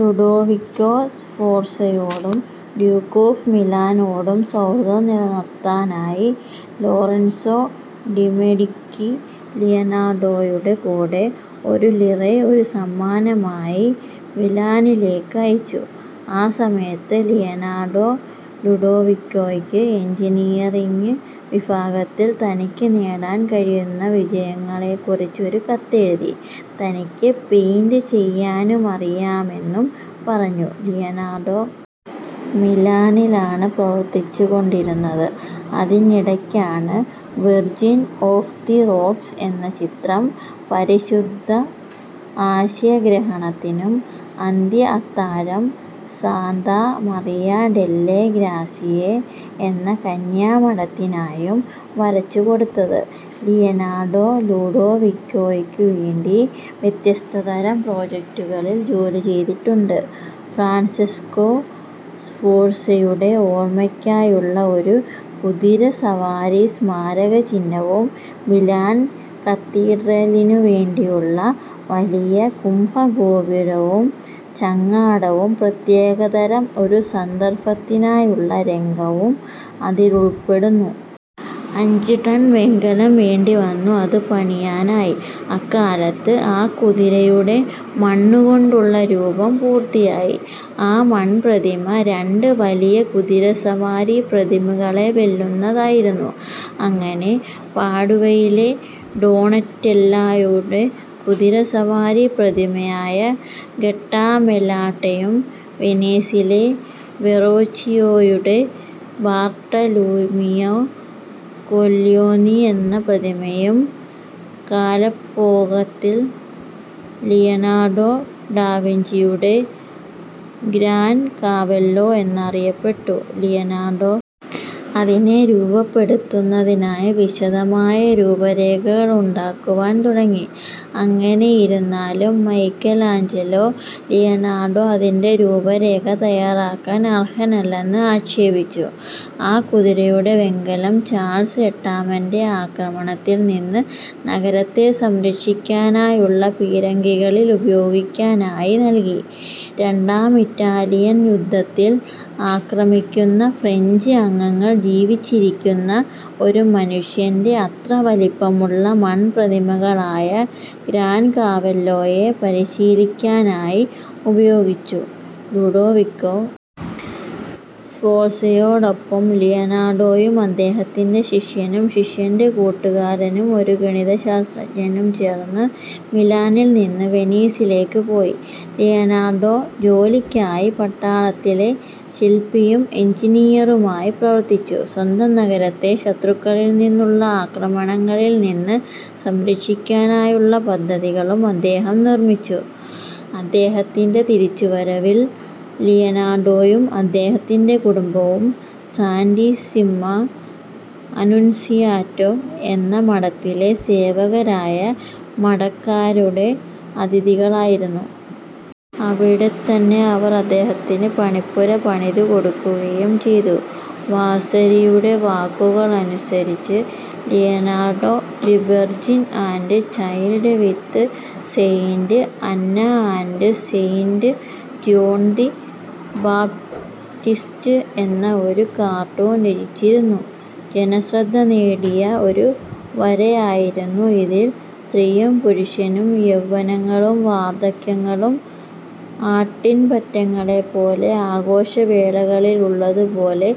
Ludovico സ്ഫോർസയോടും duke of മിലാനോടും സൗഹൃദം നിലനിർത്താനായി ലോറൻസോ ഡി മെഡികി ലിയനാർഡോയുടെ കൂടെ ഒരു ലിറെ ഒരു സമ്മാനമായി മിലാനിലേക്ക് അയച്ചു. ആ സമയത്ത് ലിയനാർഡോ ലുഡോവിക്കോയ്ക്ക് എഞ്ചിനീയറിങ് വിഭാഗത്തിൽ തനിക്ക് നേടാൻ കഴിയുന്ന വിജയങ്ങളെക്കുറിച്ച് ഒരു കത്തെഴുതി. തനിക്ക് പെയിന്റ് ചെയ്യാനുമറിയാമെന്നും പറഞ്ഞു. ലിയനാർഡോ മിലാനിലാണ് പ്രവർത്തിച്ചുകൊണ്ടിരുന്നത്. അതിനിടയ്ക്കാണ് വിർജിൻ ഓഫ് ദി റോക്ക്സ് എന്ന ചിത്രം പരിശുദ്ധ ആശയഗ്രഹണത്തിനും, അന്ത്യ അത്താഴം സാന്താ മറിയ ഡെല്ലെ ഗ്രാസിയേ എന്ന കന്യാമഠത്തിനായും വരച്ചുകൊടുത്തത്. ലിയനാർഡോ ലുഡോവിക്കോയ്ക്കുവേണ്ടി വ്യത്യസ്തതരം പ്രോജക്റ്റുകളിൽ ജോലിചെയ്തിട്ടുണ്ട്. ഫ്രാൻസെസ്കോ സ്ഫോർസയുടെ ഓർമ്മയ്ക്കായുള്ള ഒരു കുതിരസവാരി സ്മാരകചിഹ്നവും, മിലാൻ കത്തീഡ്രലിനുവേണ്ടിയുള്ള വലിയ കുംഭഗോപുരവും, ചങ്ങാടവും പ്രത്യേകതരം ഒരു സന്ദർഭത്തിനായുള്ള രംഗവും അതിലുൾപ്പെടുന്നു. അഞ്ച് ടൺ വെങ്കലം വേണ്ടി വന്നു അത് പണിയാനായി. അക്കാലത്ത് ആ കുതിരയുടെ മണ്ണുകൊണ്ടുള്ള രൂപം പൂർത്തിയായി. ആ മൺപ്രതിമ രണ്ട് വലിയ കുതിരസവാരി പ്രതിമകളെ വെല്ലുന്നതായിരുന്നു. അങ്ങനെ പാഡുവയിലെ ഡോണറ്റെല്ലോയുടെ കുതിരസവാരി പ്രതിമയായ ഗട്ടാമെലാട്ടയും, വെനീസിലെ വെറോച്ചിയോയുടെ ബാർട്ടലൂമിയോ കോല്ല്യോനി എന്ന പ്രതിമയും കാലപ്പോകത്തിൽ ലിയനാർഡോ ഡാ വിഞ്ചിയുടെ ഗ്രാൻ കാവല്ലോ എന്നറിയപ്പെട്ടു. ലിയനാർഡോ അതിനെ രൂപപ്പെടുത്തുന്നതിനായി വിശദമായ രൂപരേഖകൾ ഉണ്ടാക്കുവാൻ തുടങ്ങി. എങ്ങനെയിരുന്നാലും മൈക്കലാഞ്ചലോ, ലിയനാർഡോ അതിൻ്റെ രൂപരേഖ തയ്യാറാക്കാൻ അർഹനല്ലെന്ന് ആക്ഷേപിച്ചു.ആ കുതിരയുടെ വെങ്കലം ചാൾസ് എട്ടാമൻ്റെ ആക്രമണത്തിൽ നിന്ന് നഗരത്തെ സംരക്ഷിക്കാനായുള്ള പീരങ്കികളിൽ ഉപയോഗിക്കാനായി നൽകി. രണ്ടാം ഇറ്റാലിയൻ യുദ്ധത്തിൽ ആക്രമിക്കുന്ന ഫ്രഞ്ച് അംഗങ്ങൾ ജീവിച്ചിരിക്കുന്ന ഒരു മനുഷ്യൻ്റെ അത്ര വലിപ്പമുള്ള മൺപ്രതിമകളായ ഗ്രാൻ കാവല്ലോയെ പരിശീലിക്കാനായി ഉപയോഗിച്ചു. ലുഡോവികോ സ്ഫോർസയോടൊപ്പം ലിയനാർഡോയും അദ്ദേഹത്തിൻ്റെ ശിഷ്യനും, ശിഷ്യൻ്റെ കൂട്ടുകാരനും, ഒരു ഗണിതശാസ്ത്രജ്ഞനും ചേർന്ന് മിലാനിൽ നിന്ന് വെനീസിലേക്ക് പോയി. ലിയനാർഡോ ജോലിക്കായി പട്ടാളത്തിലെ ശിൽപ്പിയും എഞ്ചിനീയറുമായി പ്രവർത്തിച്ചു. സ്വന്തം നഗരത്തെ ശത്രുക്കളിൽ നിന്നുള്ള ആക്രമണങ്ങളിൽ നിന്ന് സംരക്ഷിക്കാനായുള്ള പദ്ധതികളും അദ്ദേഹം നിർമ്മിച്ചു. അദ്ദേഹത്തിൻ്റെ തിരിച്ചുവരവിൽ ലിയനാർഡോയും അദ്ദേഹത്തിൻ്റെ കുടുംബവും സാന്റിസ്സിമാ അനുൻസിയാറ്റാ എന്ന മഠത്തിലെ സേവകരായ മഠക്കാരുടെ അതിഥികളായിരുന്നു. അവിടെത്തന്നെ അവർ അദ്ദേഹത്തിന് പണിപ്പുര പണിതുകൊടുക്കുകയും ചെയ്തു. വാസരിയുടെ വാക്കുകളനുസരിച്ച് Leonardo the Virgin and Child with Saint Anna and Saint John the Baptist എന്ന ഒരു കാർട്ടൂൺ രചിച്ചിരുന്നു. ജനശ്രദ്ധ നേടിയ ഒരു വരയായിരുന്നു ഇതിൽ സ്ത്രീയും പുരുഷനും, യൗവനങ്ങളും വാർദ്ധക്യങ്ങളും ആട്ടിൻപറ്റങ്ങളെ പോലെ ആഘോഷവേളകളിലുള്ളതുപോലെ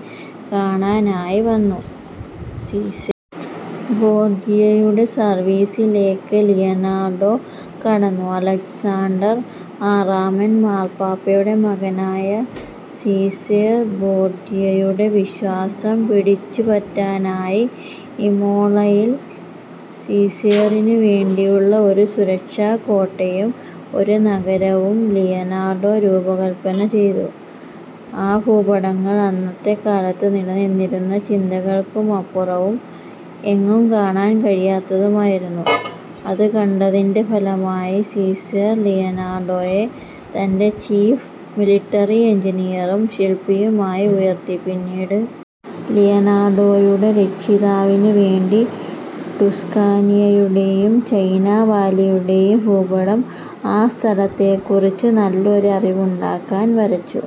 കാണാനായി വന്നു.സീസേ ബോർജിയയുടെ സർവീസിലേക്ക് ലിയനാർഡോ കടന്നു. അലക്സാണ്ടർ ആറാമൻ മാർപ്പാപ്പയുടെ മകനായ സീസേർ ബോർജിയയുടെ വിശ്വാസം പിടിച്ചുപറ്റാനായി ഇമോളയിൽ സീസേറിനുവേണ്ടിയുള്ള ഒരു സുരക്ഷാകോട്ടയും ഒരു നഗരവും ലിയനാർഡോ രൂപകൽപ്പന ചെയ്തു.ആ ഭൂപടങ്ങൾ അന്നത്തെ കാലത്ത് നിലനിന്നിരുന്ന ചിന്തകൾക്കുമപ്പുറവും എങ്ങും കാണാൻ കഴിയാത്തതുമായിരുന്നു. അത് കണ്ടതിൻ്റെ ഫലമായി സീസേർ ലിയനാർഡോയെ തൻ്റെ ചീഫ് മിലിട്ടറി എഞ്ചിനീയറും ശിൽപ്പിയുമായി ഉയർത്തി. പിന്നീട് ലിയനാർഡോയുടെ രക്ഷിതാവിനുവേണ്ടി ടുസ്കാനിയയുടെയും ചൈനാ വാലിയുടെയും ഭൂപടം ആ സ്ഥലത്തെക്കുറിച്ച് നല്ലൊരു അറിവുണ്ടാക്കാൻ വരച്ചു.